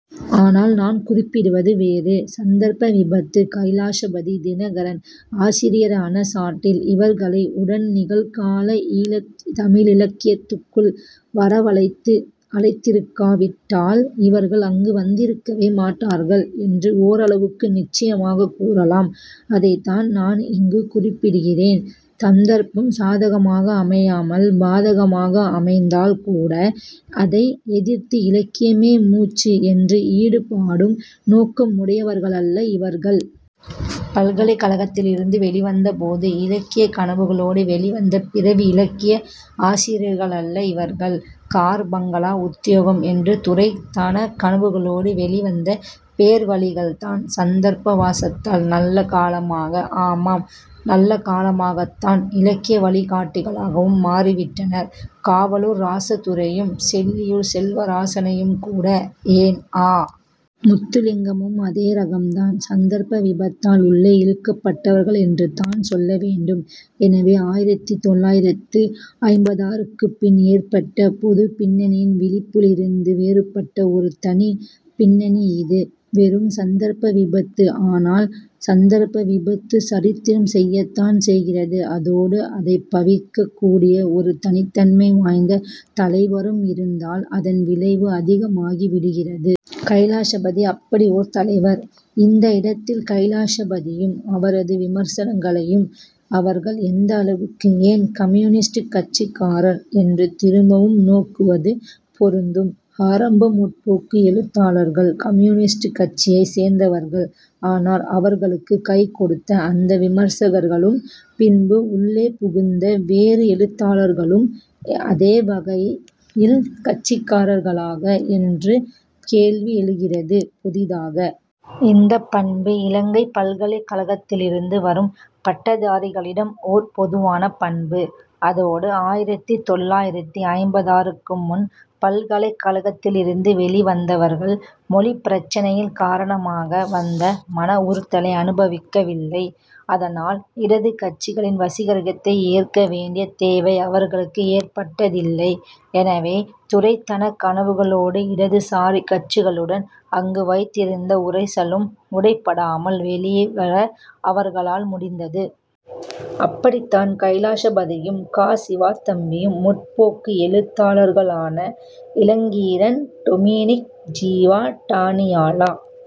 ஆனால் நான் குறிப்பிடுவது வேறு. சந்தர்ப்ப விபத்து. கைலாசபதி தினகரன் ஆசிரியரான சாட்டில் இவர்களை உடன்நிகழ்கால ஈழத் தமிழிலக்கியத்துக்குள் வரவழைத்து அழைத்திருக்காவிட்டால் இவர்கள் அங்கு வந்திருக்கவே மாட்டார்கள் என்று ஓரளவுக்கு நிச்சயமாகக் கூறலாம். அதைத்தான் நான் இங்கு குறிப்பிடுகிறேன். சந்தர்ப்பம் சாதகமாக அமையாமல் பாதகமாக அமைந்தால்கூட அதை எதிர்த்து இலக்கியமே மூச்சு என்று ஈடுபடும் நோக்கமுடையவர்களல்ல இவர்கள். பல்கலைக் கழகத்திலிருந்து வெளிவந்த போது இலக்கியக் கனவுகளோடு வெளிவந்த பிறவி இலக்கிய ஆசிரியர்களல்ல இவர்கள். கார் பங்களா உத்தியோகம் என்று துரைத்தனக் கனவுகளோடு வெளிவந்த பேர்வழிகள்தான். சந்தர்ப்ப வசத்தால் நல்லகாலமாக, ஆமாம் நல்லகாலமாகத்தான், இலக்கிய வழிகாட்டிகளாகவும் மாறிவிட்டனர். காவலூர் ராசதுரையையும் சில்லையூர் செல்வராசனையுங்கூட ஏன் அ. முத்துலிங்கமும் அதே ரகந்தான் சந்தர்ப்ப விபத்தால் உள்ளே இழுக்கப்பட்டவர்களென்றுதான் சொல்ல வேண்டும். எனவே ஆயிரத்து தொள்ளாயிரத்து ஐம்பத்தாறுக்குப் பின் ஏற்பட்ட பொதுப் பின்னணியின் விழிப்பிலிருந்து வேறுபட்ட ஒரு தனிப் பின்னணி இது. வெறும் சந்தர்ப்ப விபத்து. ஆனால் சந்தர்ப்ப விபத்தும் சரித்திரம் செய்யத்தான் செய்கிறது. அதோடு அதை பவிக்கக் கூடிய ஒரு தனித்தன்மை வாய்ந்த தலைவரும் இருந்தால் அதன் விளைவு அதிகமாகி விடுகிறது. கைலாசபதி அப்படி ஒரு தலைவர். இந்த இடத்தில் கைலாசபதியும் அவரது விமர்சன சகாக்களையும் அவர்கள் எந்தளவுக்கு, ஏன் கம்யூனிஸ்ட் கட்சிக்காரர்கள் என்று திரும்பவும் நோக்குவது பொருந்தும். ஆரம்ப முற்போக்கு எழுத்தாளர்கள் கம்யூனிஸ்ட் கட்சியைச் சேர்ந்தவர்கள். ஆனால் அவர்களுக்குக் கைகொடுத்த அந்த விமர்சகர்களும் பின்பு உள்ளே புகுந்த வேறு எழுத்தாளர்களும் அதே வகையில் கட்சிக்காரர்களா என்று கேள்வி எழுகிறது. புதிதாக இந்தப் பண்பு இலங்கைப் பல்கலைக்கழகத்திலிருந்து வரும் பட்டதாரிகளிடம் ஒர் பொதுவான பண்பு. அதோடு ஆயிரத்தி தொள்ளாயிரத்து ஐம்பத்தாறுக்கு முன் பல்கலைக் கழகத்திலிருந்து வெளிவந்தவர்கள் மொழிப்பிரச்சினையில் காரணமாக வந்த மன உறுத்தலை அனுபவிக்கவில்லை. அதனால் இடதுக் கட்சிகளின் வசீகர்கத்தை எதிர்க்க வேண்டிய தேவை அவர்களுக்கு ஏற்பட்டதில்லை. எனவே துரைத்தனக் கனவுகளோடு இடதுசாரிக் கட்சிகளுடன் அங்கு வைத்திருந்த உரைசலும் உடைபடாமல் வெளியே வர அவர்களால் முடிந்தது. அப்படித்தான் கைலாசபதியும் கா. சிவாத்தம்பியும் முற்போக்கு எழுத்தாளர்களான இளங்கீரன் டொமினிக் ஜீவா டானியல